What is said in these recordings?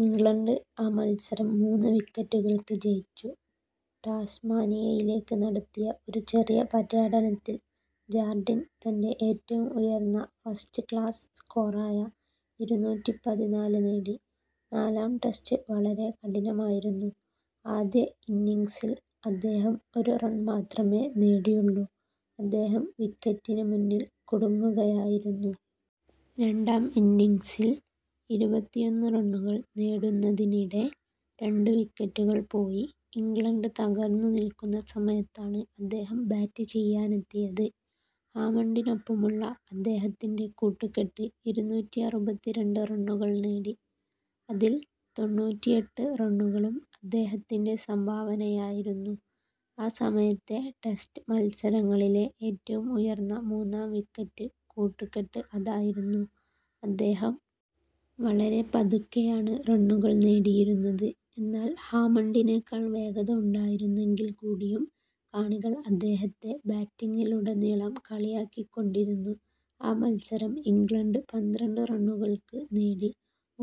England ആ മത്സരം മൂന്ന് വിക്കറ്റുകൾക്ക് ജയിച്ചു. ടാസ്മാനിയയിലേക്ക് നടത്തിയ ഒരു ചെറിയ പര്യടനത്തിൽ ജാർഡിൻ തൻ്റെ ഏറ്റവും ഉയർന്ന ഫസ്റ്റ് ക്ലാസ് സ്കോറായ ഇരുന്നൂറ്റി പതിനാല് നേടി.നാലാം ടെസ്റ്റ് വളരെ കഠിനമായിരുന്നു. ആദ്യ ഇന്നിംഗ്സിൽ അദ്ദേഹം ഒരു റൺ മാത്രമേ നേടിയുള്ളൂ. അദ്ദേഹം വിക്കറ്റിന് മുന്നിൽ കുടുങ്ങുകയായിരുന്നു. രണ്ടാം ഇന്നിംഗ്സിൽ ഇരുപത്തിയൊന്ന് റണ്ണുകൾ നേടുന്നതിനിടെ രണ്ട് വിക്കറ്റുകൾ പോയി ഇംഗ്ലണ്ട് തകർന്നു നിൽക്കുന്ന സമയത്താണ് അദ്ദേഹം ബാറ്റ് ചെയ്യാനെത്തിയത്. ഹാമണ്ടിനൊപ്പമുള്ള അദ്ദേഹത്തിൻ്റെ കൂട്ടുകെട്ട് ഇരുന്നൂറ്റി അറുപത്തിരണ്ട് റണ്ണുകൾ നേടി. അതിൽ തൊണ്ണൂറ്റിയെട്ട് റണ്ണുകളും അദ്ദേഹത്തിൻ്റെ സംഭാവനയായിരുന്നു. ആ സമയത്തെ ടെസ്റ്റ് മത്സരങ്ങളിലെ ഏറ്റവും ഉയർന്ന മൂന്നാം വിക്കറ്റ് കൂട്ടുകെട്ട് അതായിരുന്നു. അദ്ദേഹം വളരെ പതുക്കെയാണ് റണ്ണുകൾ നേടിയിരുന്നത്. എന്നാൽ ഹാമണ്ടിനേക്കാൾ വേഗത ഉണ്ടായിരുന്നെങ്കിൽക്കൂടിയും കാണികൾ അദ്ദേഹത്തെ ബാറ്റിംഗിലുടനീളം കളിയാക്കിക്കൊണ്ടിരുന്നു. ആ മത്സരം ഇംഗ്ലണ്ട് പന്ത്രണ്ട് റണ്ണുകൾക്ക് നേടി.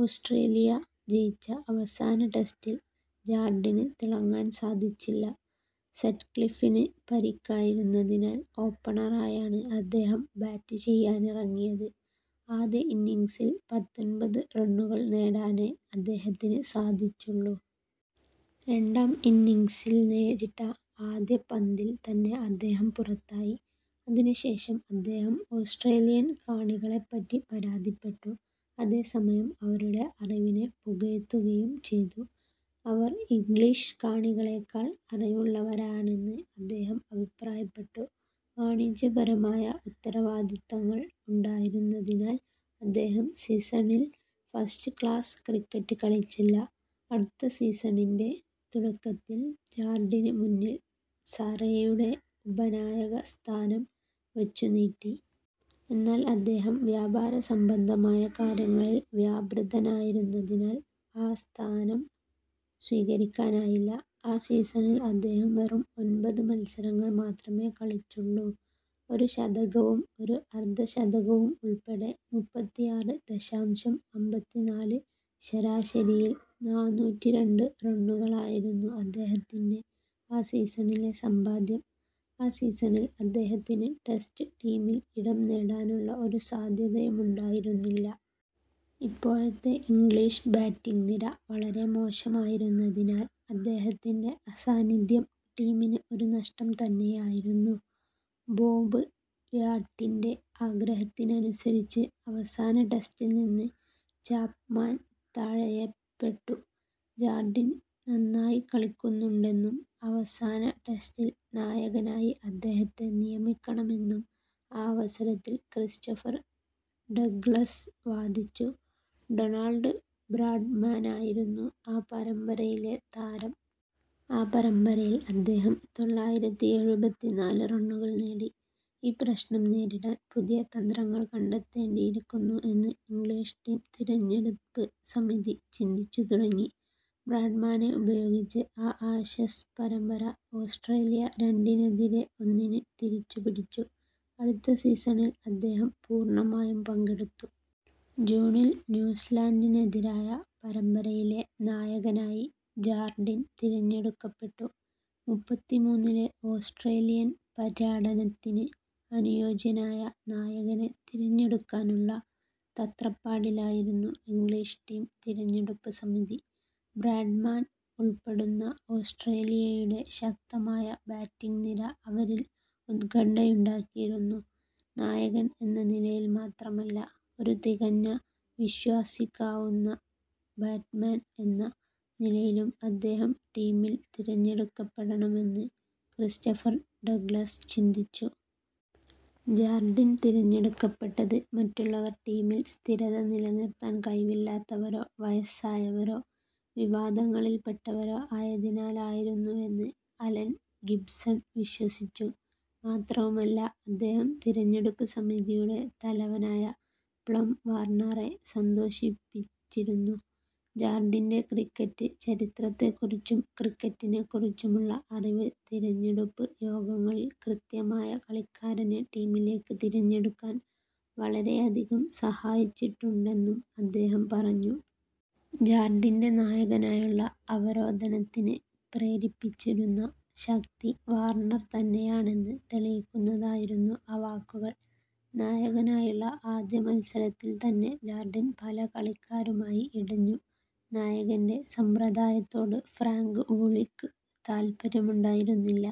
ഓസ്ട്രേലിയ ജയിച്ച അവസാന ടെസ്റ്റിൽ ജാർഡിന് തിളങ്ങാൻ സാധിച്ചില്ല. സറ്റ്ക്ലിഫിന് പരിക്കായിരുന്നതിനാൽ ഓപ്പണറായാണ് അദ്ദേഹം ബാറ്റ് ചെയ്യാനിറങ്ങിയത്. ആദ്യ ഇന്നിംഗ്സിൽ പത്തൊൻപത് റണ്ണുകൾ നേടാനേ അദ്ദേഹത്തിന് സാധിച്ചുള്ളൂ. രണ്ടാം ഇന്നിംഗ്സിൽ നേരിട്ട ആദ്യ പന്തിൽ തന്നെ അദ്ദേഹം പുറത്തായി. അതിനുശേഷം അദ്ദേഹം ഓസ്ട്രേലിയൻ കാണികളെപ്പറ്റി പരാതിപ്പെട്ടു. അതേസമയം അവരുടെ അറിവിനെ പുകഴ്ത്തുകയും ചെയ്തു. അവർ ഇംഗ്ലീഷ് കാണികളേക്കാൾ അറിവുള്ളവരാണെന്ന് അദ്ദേഹം അഭിപ്രായപ്പെട്ടു. വാണിജ്യപരമായ ഉത്തരവാദിത്തങ്ങൾ ഉണ്ടായിരുന്നതിനാൽ അദ്ദേഹം സീസണിൽ ഫസ്റ്റ് ക്ലാസ് ക്രിക്കറ്റ് കളിച്ചില്ല. അടുത്ത സീസണിൻ്റെ തുടക്കത്തിൽ ജാർഡിന് മുന്നിൽ സറേയുടെ ഉപനായകസ്ഥാനം വച്ചുനീട്ടി. എന്നാൽ അദ്ദേഹം വ്യാപാരസംബന്ധമായ കാര്യങ്ങളിൽ വ്യാപൃതനായിരുന്നതിനാൽ ആ സ്ഥാനം സ്വീകരിക്കാനായില്ല. ആ സീസണിൽ അദ്ദേഹം വെറും ഒൻപത് മത്സരങ്ങൾ മാത്രമേ കളിച്ചുള്ളൂ. ഒരു ശതകവും ഒരു അർധശതകവും ഉൾപ്പെടെ മുപ്പത്തിയാറ് ദശാംശം അമ്പത്തിനാല് ശരാശരിയിൽ നാനൂറ്റിരണ്ട് റണ്ണുകളായിരുന്നു അദ്ദേഹത്തിൻ്റെ ആ സീസണിലെ സമ്പാദ്യം.ആ സീസണിൽ അദ്ദേഹത്തിന് ടെസ്റ്റ് ടീമിൽ ഇടം നേടാനുള്ള ഒരു സാധ്യതയുമുണ്ടായിരുന്നില്ല. അപ്പോഴത്തെ ഇംഗ്ലീഷ് ബാറ്റിംഗ് നിര വളരെ മോശമായിരുന്നതിനാൽ അദ്ദേഹത്തിൻ്റെ അസാന്നിധ്യം ടീമിന് ഒരു നഷ്ടം തന്നെയായിരുന്നു. ബോബ് വ്യാട്ടിൻ്റെ ആഗ്രഹത്തിനനുസരിച്ച് അവസാന ടെസ്റ്റിൽനിന്നും ചാപ്മാൻ തഴയപ്പെട്ടു. ജാർഡിൻ നന്നായി കളിക്കുന്നുണ്ടെന്നും അവസാന ടെസ്റ്റിൽ നായകനായി അദ്ദേഹത്തെ നിയമിക്കണമെന്നും ആ അവസരത്തിൽ ക്രിസ്റ്റഫർ ഡഗ്ലസ് വാദിച്ചു. ഡൊണാൾഡ് ബ്രാഡ്മാനായിരുന്നു ആ പരമ്പരയിലെ താരം. ആ പരമ്പരയിൽ അദ്ദേഹം തൊള്ളായിരത്തി എഴുപത്തിനാല് റണ്ണുകൾ നേടി. ഈ പ്രശ്നം നേരിടാൻ പുതിയ തന്ത്രങ്ങൾ കണ്ടെത്തേണ്ടിയിരിക്കുന്നു എന്ന് ഇംഗ്ലീഷ് ടീം തിരഞ്ഞെടുപ്പ് സമിതി ചിന്തിച്ചു തുടങ്ങി. ബ്രാഡ്മാനെ ഉപയോഗിച്ച് ആ ആഷസ് പരമ്പര ഓസ്ട്രേലിയ രണ്ടിനെതിരെ ഒന്നിന് തിരിച്ചുപിടിച്ചു. അടുത്ത സീസണിൽ അദ്ദേഹം പൂർണ്ണമായും പങ്കെടുത്തു. ജൂണിൽ ന്യൂസിലൻഡിനെതിരായ പരമ്പരയിലെ നായകനായി ജാർഡിൻ തിരഞ്ഞെടുക്കപ്പെട്ടു. മുപ്പത്തിമൂന്നിലെ ഓസ്ട്രേലിയൻ പര്യടനത്തിന് അനുയോജ്യനായ നായകനെ തിരഞ്ഞെടുക്കാനുള്ള തത്രപ്പാടിലായിരുന്നു ഇംഗ്ലീഷ് ടീം തിരഞ്ഞെടുപ്പ് സമിതി. ബ്രാഡ്മാൻ ഉൾപ്പെടുന്ന ഓസ്ട്രേലിയയുടെ ശക്തമായ ബാറ്റിംഗ് നിര അവരിൽ ഉത്കണ്ഠയുണ്ടാക്കിയിരുന്നു. നായകൻ എന്ന നിലയിൽ മാത്രമല്ല, ഒരു തികഞ്ഞ, വിശ്വസിക്കാവുന്ന ബാറ്റ്സ്മാൻ എന്ന നിലയിലും അദ്ദേഹം ടീമിൽ തിരഞ്ഞെടുക്കപ്പെടണമെന്ന് ക്രിസ്റ്റഫർ ഡഗ്ലസ് ചിന്തിച്ചു. ജാർഡിൻ തിരഞ്ഞെടുക്കപ്പെട്ടത് മറ്റുള്ളവർ ടീമിൽ സ്ഥിരത നിലനിർത്താൻ കഴിവില്ലാത്തവരോ, വയസ്സായവരോ, വിവാദങ്ങളിൽ പെട്ടവരോ ആയതിനാലായിരുന്നുവെന്ന് അലൻ ഗിബ്സൺ വിശ്വസിച്ചു. മാത്രവുമല്ല, അദ്ദേഹം തിരഞ്ഞെടുപ്പ് സമിതിയുടെ തലവനായ പ്ലം വാർണറെ സന്തോഷിപ്പിച്ചിരുന്നു. ജാർഡിൻ്റെ ക്രിക്കറ്റ് ചരിത്രത്തെക്കുറിച്ചും ക്രിക്കറ്റിനെക്കുറിച്ചുമുള്ള അറിവ് തിരഞ്ഞെടുപ്പ് യോഗങ്ങളിൽ കൃത്യമായ കളിക്കാരനെ ടീമിലേക്ക് തിരഞ്ഞെടുക്കാൻ വളരെയധികം സഹായിച്ചിട്ടുണ്ടെന്നും അദ്ദേഹം പറഞ്ഞു. ജാർഡിൻ്റെ നായകനായുള്ള അവരോധനത്തിന് പ്രേരിപ്പിച്ചിരുന്ന ശക്തി വാർണർ തന്നെയാണെന്ന് തെളിയിക്കുന്നതായിരുന്നു ആ വാക്കുകൾ. നായകനായുള്ള ആദ്യ മത്സരത്തിൽ തന്നെ ജാർഡിൻ പല കളിക്കാരുമായി ഇടഞ്ഞു. നായകൻ്റെ സമ്പ്രദായത്തോട് ഫ്രാങ്ക് വൂളിക്ക് താൽപര്യമുണ്ടായിരുന്നില്ല.